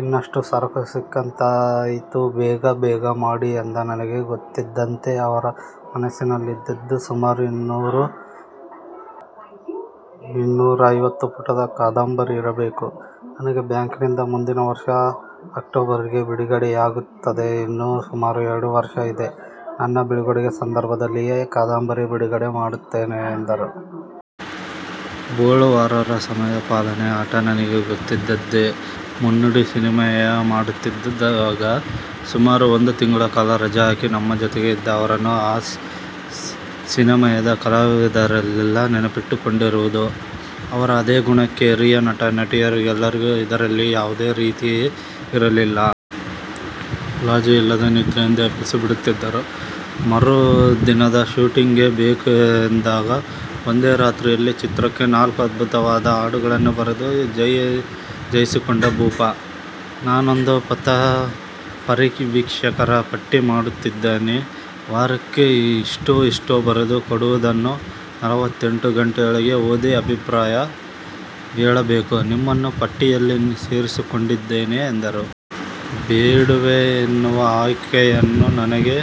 ಇನ್ನಷ್ಟು ಸರಕು ಸಿಕ್ಕಂತಾಯಿತು ಬೇಗ ಬೇಗ ಮಾಡಿ' ಎಂದೆ. ನನಗೆ ಗೊತ್ತಿದ್ದಂತೆ ಅವರ ಮನಸ್ಸಿನಲ್ಲಿದ್ದದ್ದು ಸುಮಾರು ಇನ್ನೂರು ಇನ್ನೂರೈವತ್ತು ಪುಟದ ಕಾದಂಬರಿ ಇರಬೇಕು. ನನಗೆ ಬ್ಯಾಂಕಿನಿಂದ ಮುಂದಿನ ವರ್ಷ ಅಕ್ಟೋಬರಿಗೆ ಬಿಡುಗಡೆಯಾಗುತ್ತದೆ. ಇನ್ನು ಸುಮಾರು ಎರಡು ವರ್ಷ ಇದೆ. ನನ್ನ ಬೀಳ್ಕೊಡುಗೆ ಸಮಾರಂಭದಲ್ಲಿಯೇ ಕಾದಂಬರಿ ಬಿಡುಗಡೆ ಮಾಡುತ್ತೇನೆ ಎಂದರು. ಬೊಳುವಾರರ ಸಮಯ ಪಾಲನೆಯ ಹಠ ನನಗೆ ಗೊತ್ತಿದ್ದದ್ದೇ. ಮುನ್ನುಡಿ ಸಿನೆಮಾ ಮಾಡುತ್ತಿದ್ದಾಗ ಸುಮಾರು ಒಂದು ತಿಂಗಳ ಕಾಲ ರಜ ಹಾಕಿ ನಮ್ಮ ಜೊತೆಗೆ ಇದ್ದ ಅವರನ್ನು ಆ ಸಿನೆಮಾದ ಕಲಾವಿದರೆಲ್ಲ ನೆನಪಿಟ್ಟುಕೊಂಡಿರುವುದು ಅವರ ಅದೇ ಗುಣಕ್ಕೆ. ಹಿರಿಯ ನಟ ನಟಿಯರಿಗೂ ಇದರಲ್ಲಿ ಯಾವುದೇ ರಿಯಾಯಿತಿ ಇರಲಿಲ್ಲ. ಮುಲಾಜಿಲ್ಲದೆ ನಿದ್ರೆಯಿಂದ ಎಬ್ಬಿಸಿಬಿಡುತ್ತಿದ್ದರು. ಮರುದಿನದ ಶೂಟಿಂಗಿಗೆ ಬೇಕು ಎಂದಾಗ ಒಂದೇ ರಾತ್ರಿಯಲ್ಲಿ ಚಿತ್ರಕ್ಕೆ ನಾಲ್ಕು ಅದ್ಭುತವಾದ ಹಾಡುಗಳನ್ನು ಬರೆದು ಜೈಸಿಕೊಂಡ ಭೂಪ. ನಾನೊಂದು ಪಥ ಪರಿವೀಕ್ಷಕರ ಪಟ್ಟಿ ಮಾಡುತ್ತಿದ್ದೇನೆ. ವಾರಕ್ಕೆ ಅಷ್ಟೋ ಇಷ್ಟೋ ಬರೆದು ಕೊಡುವುದನ್ನು ನಲವತ್ತೆಂಟು ಗಂಟೆಯೊಳಗೆ ಓದಿ ಅಭಿಪ್ರಾಯ ಹೇಳಬೇಕು. ನಿಮ್ಮನ್ನು ಪಟ್ಟಿಯಲ್ಲಿ ಸೇರಿಸಿಕೊಂಡಿದ್ದೇನೆ ಎಂದರು. ಬೇಡವೆನ್ನುವ ಆಯ್ಕೆಯನ್ನೂ ನನಗೆ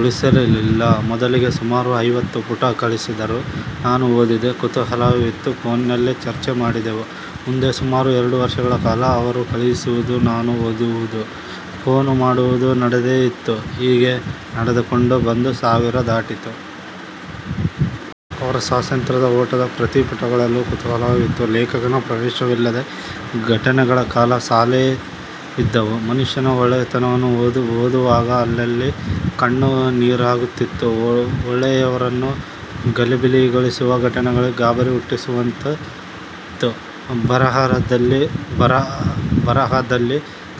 ಉಳಿಸಿರಲಿಲ್ಲ. ಮೊದಲಿಗೆ ಸುಮಾರು ಐವತ್ತು ಪುಟ ಕಳುಹಿಸಿದರು. ನಾನು ಓದಿದೆ. ಕುತೂಹಲವಿತ್ತು. ಫೋನಿನಲ್ಲೇ ಚರ್ಚೆ ಮಾಡಿದೆವು. ಮುಂದೆ ಸುಮಾರು ಎರಡು ವರ್ಷಗಳ ಕಾಲ ಅವರು ಕಳುಹಿಸುವುದು ನಾನು ಓದುವುದು, ಫೋನು ಮಾಡುವುದು ನಡೆದೇ ಇತ್ತು. ಹೀಗೇ ನಡೆದುಕೊಂಡು ಬಂದು ಸಾವಿರ ದಾಟಿತು. ಅವರ ಸ್ವಾತಂತ್ರ್ಯದ ಓಟದ ಪ್ರತಿ ಪುಟಗಳಲ್ಲೂ ಕುತೂಹಲವಿತ್ತು. ಲೇಖಕನ ಪ್ರವೇಶವಿಲ್ಲದ ಘಟನೆಗಳ ಸಾಲು ಸಾಲೇ ಇದ್ದವು. ಮನುಷ್ಯನ ಒಳ್ಳೆಯತನವನ್ನು ಓದುವಾಗ ಅಲ್ಲಲ್ಲಿ ಕಣ್ಣು ನೀರಾಗುತ್ತಿತ್ತು. ಒಳ್ಳೆಯವರನ್ನು ಗಲಿಬಿಲಿಗೊಳಿಸುವ ಘಟನೆಗಳು ಗಾಬರಿ ಹುಟ್ಟಿಸುವಂತಿತ್ತು. ಬರಹದಲ್ಲಿ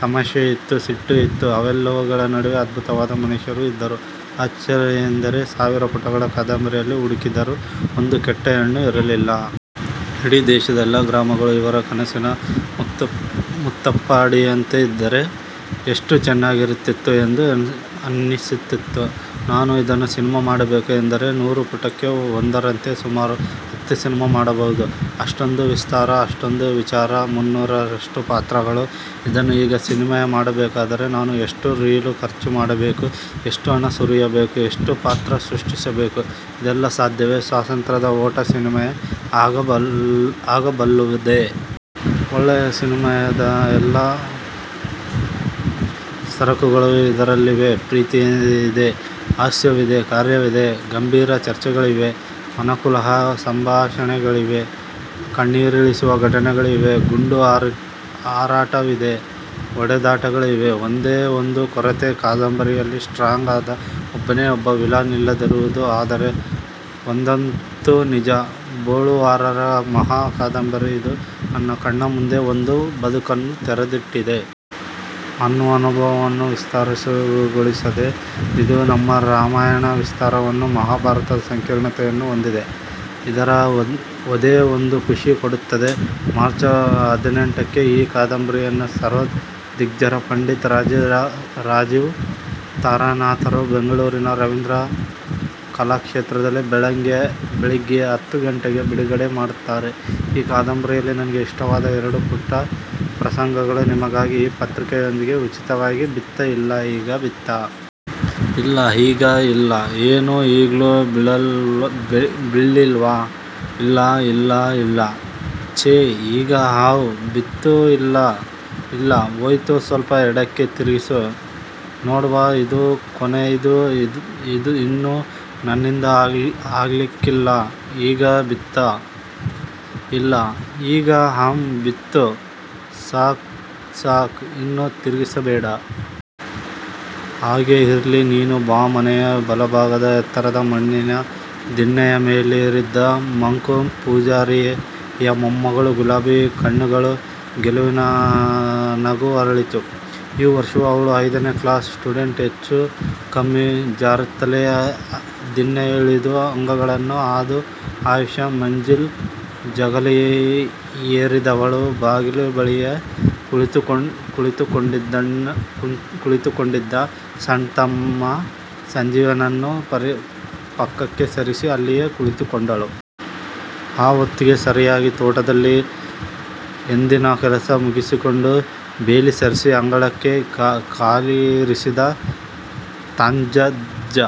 ತಮಾಷೆಯಿತ್ತು, ಸಿಟ್ಟು ಇತ್ತು, ಅವೆಲ್ಲವುಗಳ ನಡುವೆ ಅದ್ಭುತವಾದ ಮನುಷ್ಯರು ಇದ್ದರು. ಅಚ್ಚರಿಯೆಂದರೆ ಸಾವಿರ ಪುಟಗಳ ಕಾದಂಬರಿಯಲ್ಲಿ ಹುಡುಕಿದರೂ ಒಂದು ಕೆಟ್ಟ ಹೆಣ್ಣು ಇರಲಿಲ್ಲ. ಇಡೀ ದೇಶದ ಎಲ್ಲ ಗ್ರಾಮಗಳೂ ಅವರ ಕನಸಿನ ಮುತ್ತುಪ್ಪಾಡಿಯಂತೆ ಇದ್ದರೆ ಎಷ್ಟು ಚೆನ್ನಾಗಿರುತ್ತಿತ್ತು ಎಂದು ಅನ್ನಿಸುತ್ತಿತ್ತು. ನಾನು ಇದನ್ನು ಸಿನಿಮಾ ಮಾಡಬೇಕು ಎಂದರೆ ನೂರು ಪುಟಕ್ಕೆ ಒಂದರಂತೆ ಸುಮಾರು ಹತ್ತು ಸಿನಿಮಾ ಮಾಡಬಹುದು. ಅಷ್ಟೊಂದು ವಿಸ್ತಾರ, ಅಷ್ಟೊಂದು ವಿಚಾರ, ಮುನ್ನೂರರಷ್ಟು ಪಾತ್ರಗಳು. ಇದನ್ನು ಈಗ ಸಿನೆಮಾ ಮಾಡಬೇಕಾದರೆ, ನಾನು ಎಷ್ಟು ರೀಲು ಖರ್ಚು ಮಾಡಬೇಕು, ಎಷ್ಟು ಹಣ ಸುರಿಯಬೇಕು, ಎಷ್ಟು ಪಾತ್ರ ಸೃಷ್ಟಿಸಬೇಕು ಇದೆಲ್ಲ ಸಾಧ್ಯವೇ ಸ್ವಾತಂತ್ರ್ಯದ ಓಟ ಸಿನೆಮಾ ಆಗಬಲ್ಲುದೆ? ಒಳ್ಳೆಯ ಸಿನೆಮಾದ ಎಲ್ಲ ಸರಕುಗಳೂ ಇದರಲ್ಲಿವೆ. ಪ್ರೀತಿಯಿದೆ, ಹಾಸ್ಯವಿದೆ, ಕ್ರೌರ್ಯವಿದೆ, ಗಂಭೀರ ಚರ್ಚೆಗಳಿವೆ, ಮನಕಲಕುವ ಸಂಭಾಷಣೆಗಳಿವೆ. ಕಣ್ಣೀರಿಳಿಸುವ ಘಟನೆಗಳಿವೆ. ಗುಂಡು ಹಾರಾಟವಿದೆ. ಹೊಡೆದಾಟಗಳಿವೆ. ಒಂದೇ ಒಂದು ಕೊರತೆ ಕಾದಂಬರಿಯಲ್ಲಿ ಸ್ಟ್ರಾಂಗ್ ಆದ ಒಬ್ಬನೇ ಒಬ್ಬ ವಿಲನ್ ಇಲ್ಲದಿರುವುದು, ಆದರೆ ಒಂದಂತೂ ನಿಜ. ಬೊಳುವಾರರ ಮಹಾ ಕಾದಂಬರಿ ಇದು ನನ್ನ ಕಣ್ಣ ಮುಂದೆ ಒಂದು ಬದುಕನ್ನು ತೆರೆದಿಟ್ಟಿದೆ. ನನ್ನ ಅನುಭವವನ್ನು ವಿಸ್ತಾರಗೊಳಿಸಿದೆ. ಇದು ನಮ್ಮ ರಾಮಾಯಣದ ವಿಸ್ತಾರವನ್ನೂ, ಮಹಾಭಾರತದ ಸಂಕೀರ್ಣತೆಯನ್ನೂ ಹೊಂದಿದೆ. ಇದರ ಓದೇ ಒಂದು ಖುಷಿ ಕೊಡುತ್ತದೆ. ಮಾರ್ಚ್ ಹದಿನೆಂಟಕ್ಕೆ ಈ ಕಾದಂಬರಿಯನ್ನು ಸರೋದ್ ದಿಗ್ಗಜ ಪಂಡಿತ್ ರಾಜೀವ್ ತಾರಾನಾಥರು ಬೆಂಗಳೂರಿನ ರವೀಂದ್ರ ಕಲಾಕ್ಷೇತ್ರದಲ್ಲಿ ಬೆಳಗ್ಗೆ ಹತ್ತು ಗಂಟೆಗೆ ಬಿಡುಗಡೆ ಮಾಡುತ್ತಾರೆ. ಈ ಕಾದಂಬರಿಯಲ್ಲಿ ನನಗೆ ಇಷ್ಟವಾದ ಎರಡು ಪುಟ್ಟ ಪ್ರಸಂಗಗಳು ನಿಮಗಾಗಿ, ಈ ಪತ್ರಿಕೆಯೊಂದಿಗಿ ಉಚಿತವಾಗಿ ಬಿತ್ತಾ ಇಲ್ಲ 'ಈಗ ಬಿತ್ತಾ? ಇಲ್ಲ 'ಈಗಾ?' ಇಲ್ಲ 'ಏನೂ! ಈಗ್ಲೂ ಬೀಳ್ಳಿಲ್ವಾ? 'ಇಲ್ಲಾ, ಇಲ್ಲಾ, ಇಲ್ಲಾ'ಛೇ! ಈಗಾ? ಹಾಂ ಬಿತ್ತೂ!, ಇಲ್ಲ, ಇಲ್ಲ, ಹೋಯ್ತು. ಸ್ವಲ್ಪ ಎಡಕ್ಕೆ ತಿರ್ಗಿಸು ನೋಡ್ವಾ'ಇದು ಕೊನೇದ್ದು, ಇನ್ನು ನನ್ನಿಂದ ಆಗ್ಲಿಕ್ಕಿಲ್ಲ, ಈಗ ಬಿತ್ತಾ? 'ಇಲ್ಲ ' ಈಗಾ? ಹಾಂ ಬಿತ್ತು. ಸಾಕ್, ಸಾಕ್, ಇನ್ನು ತಿರ್ಗಿಸಬೇಡ. ಹಾಗೇ ಇರ್ಲಿ, ನೀನು ಬಾ. ಮನೆಯ ಬಲಭಾಗದ ಎತ್ತರದ ಮಣ್ಣಿನ ದಿನ್ನೆಯ ಮೇಲೇರಿದ್ದ ಮಾಂಕು ಪೂಜಾರಿಯ ಮೊಮ್ಮಗಳು ಗುಲಾಬಿಯ ಕಣ್ಣುಗಳಲ್ಲಿ ಗೆಲುವಿನ ನಗು ಅರಳಿತು. ಈ ವರ್ಷ ಅವಳು ಐದನೇ ಕ್ಲಾಸ್ ಸ್ಟೂಡೆಂಟ್. ಹೆಚ್ಚು ಕಮ್ಮಿ ಜಾರುತ್ತಲೇ ದಿನ್ನೆಯಿಳಿದು ಅಂಗಳವನ್ನು ಹಾದು 'ಆಯಿಷಾ ಮಂಜಿಲ್' ಜಗಲಿಯೇರಿದವಳು ಬಾಗಿಲ ಬಳಿಯೇ ಕುಳಿತುಕೊಂಡಿದ್ದ ಸಣ್ಣತಮ್ಮ ಸಂಜೀವನನ್ನು ಪಕ್ಕಕ್ಕೆ ಸರಿಸಿ ಅಲ್ಲಿಯೇ ಕುಳಿತುಕೊಂಡಳು. ಆ ಹೊತ್ತಿಗೆ ಸರಿಯಾಗಿ ತೋಟದಲ್ಲಿ ಎಂದಿನ ಕೆಲಸ ಮುಗಿಸಿಕೊಂಡು ಬೇಲಿ ಸರಿಸಿ ಅಂಗಳಕ್ಕೆ ಕಾಲಿರಿಸಿದ ಚಾಂದಜ್ಜ,